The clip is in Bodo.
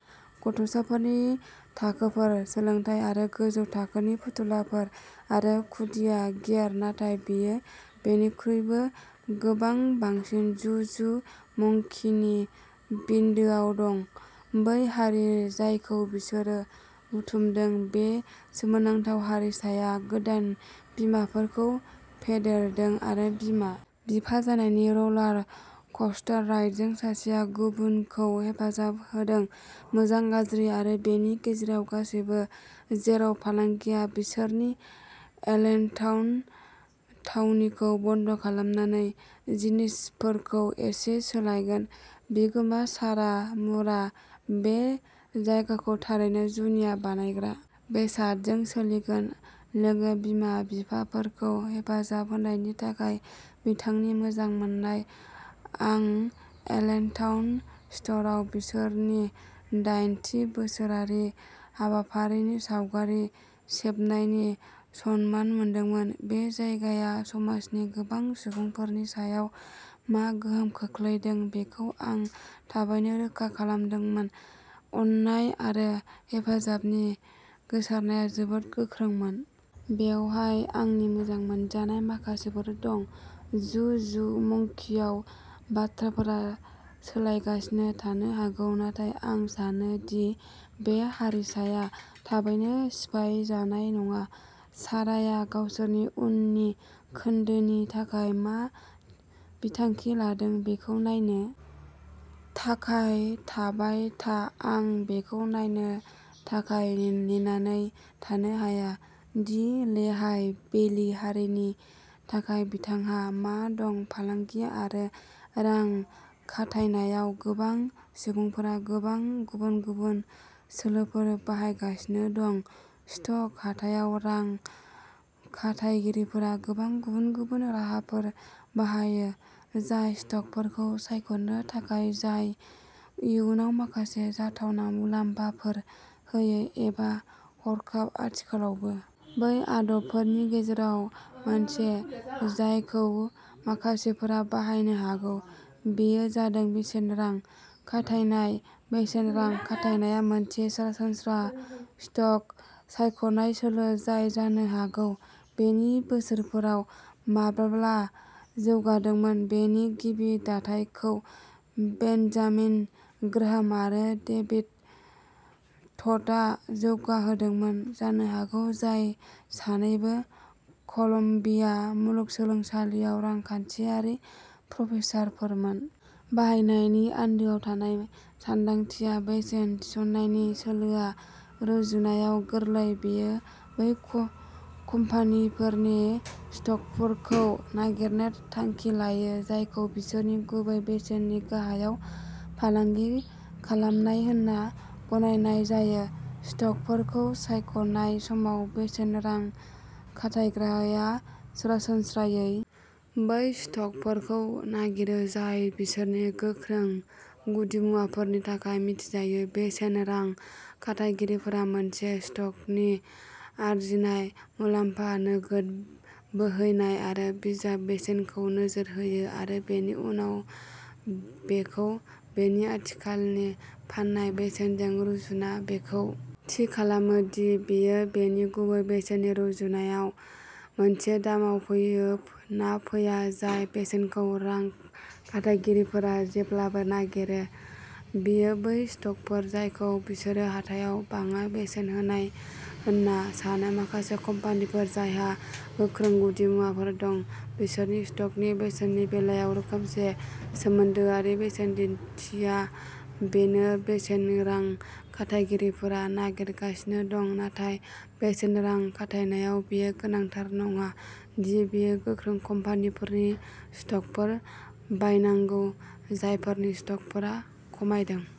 गथ'साफोरनि थाखोफोर सोलोंथाय आरो गोजौ थाखोनि फुथुलाफोर आरो खुदिया गियार नाथाय बेयो बेनिख्रुइबो गोबां बांसिन जु जु मंकिनि बिन्दोआव दं बै हारि जायखौ बिसोरो बुथुमदों बे सोमोनांथाव हारिसाया गोदान बिमाफोरखौ फेदेरदों आरो बिमा -- बिफा जानायनि रलार क'स्टार राइडजों सासेया गुबुनखौ हेफाजाब होदों मोजां गाज्रि आरो बेनि गेजेराव गासैबो जेराव फालांगिया बिसोरनि एलेनटाउन थावनिखौ बन्द खालामनानै जिनिसफोरखौ एसे सोलायगोन बिगोमा सारा मुरा बे जायगाखौ थारैनो जुनिया बानायग्रा बेसादजों सोलिगोन लोगो बिमा बिफाफोरखौ हेफाजाब होनायनि थाखाय बिथांनि मोजां मोन्नाय आं एलेनटाउन स्ट'रआव बिसोरनि दइन थि बोसोरारि हाबाफारिनि सावगारि सेबनायनि सनमान मोनदोंमोन बे जायगाया समाजनि गोबां सुबुंफोरनि सायाव मा गोहोम खोख्लैदों बेखौ आं थाबैनो रोखा खालामदोंमोन अननाय आरो हेफाजाबनि गोसारनाया जोबोद गोख्रोंमोन। बेवहाय आंनि मोजां मोनजानाय माखासेफोर दं जु जु मंकिआव बाथ्राफोरा सोलायगासिनो थानो हागौ नाथाय आं सानो दि बे हारिसाया थाबैनो सिफाय जानाय नङा साराया गावसोरनि उननि खोन्दोनि थाखाय मा बिथांखि लादों बेखौ नायनो -- थाखाय थाबाय था आं बेखौ नायनो थाखाय नेनानै थानो हाया दि लेहाइ भेलि हारिनि थाखाय बिथांहा मा दं फालांगि आरो रां खाथायनायाव गोबां सुबुंफोरा गोबां गुबुन गुबुन सोलोफोर बाहायगासिनो दं स्टक हाथायाव रां खाथायगिरिफोरा गोबां गुबुन गुबुन राहाफोर बाहायो जाय स्टकफोरखौ सायख'नो थाखाय जाय इयुनाव माखासे जाथावना मुलाम्फाफोर होयो एबा हरखाब आथिखालावबो। बै आदबफोरनि गेजेराव मोनसे जायखौ माखासेफोरा बाहायनो हागौ बेयो जादों बेसेन रां खाथायनाय बेसेन रां खाथायनाया मोनसे सरासनस्रा स्टक सायख'नाय सोलो जाय जानो हागौ नि बोसोरफोराव माब्लाबा जौगादोंमोन। बेनि गिबि दाथायखौ बेन्जामिन ग्राहाम आरो डेभिड टडआ जौगाहोदोंमोन जानो हागौ जाय सानैबो कलम्बिया मुलुगसोलोंसालियाव रांखान्थियारि प्रफेसारफोरमोन। बाहायनायनि आन्दोआव थानाय सानदांथिया बेसेन थिसननायनि सोलोआ रुजुनायाव गोरलै बेयो बै कम कम्पानिफोरनि स्टकफोरखौ नागिरनो थांखि लायो जायखौ बिसोरनि गुबै बेसेननि गाहायाव फालांगि खालामनाय होनना गनायनाय जायो। स्टकफोरखौ सायख'नाय समाव बेसेन रां खाथायग्राया सरासनस्रायै -- बै स्टकफोरखौ नागिरो जाय बिसोरनि गोख्रों गुदिमुवाफोरनि थाखाय मिथिजायो बेसेन रां खाथायगिरिफोरा मोनसे स्टकनि आर्जिनाय मुलाम्फा नोगोद बोहैनाय आरो बिजाब बेसेनखौ नोजोर होयो आरो बेनि उनाव बेखौ बेनि आथिखालनि फान्नाय बेसेनजों रुजुना बेखौ -- थि खालामो दि बेयो बेनि गुबै बेसेननि रुजुनायाव मोनसे दामाव फैयो ना फैया जाय बेसेनखौ रां खाथायगिरिफोरा जेब्लाबो नागिरो बेयो बै स्टकफोर जायखौ बिसोरो हाथायाव बाङाइ बेसेन होनाय होनना सानो माखासे कम्पानिफोर जायहा गोख्रों गुदिमुवाफोर दं बिसोरनि स्ट'कनि बेसेननि बेलायाव रोखोमसे सोमोन्दोआरि बेसेन दिन्थिया बेनो बेसेन रां खाथायगिरिफोरा नागिरगासिनो दं नाथाय बेसेन रां खाथायनायाव बेयो गोनांथार नङा दि बेयो गोख्रों कम्पानिफोरनि स्टकफोर बायनांगौ जायफोरनि स्टकफोरा खमायदों।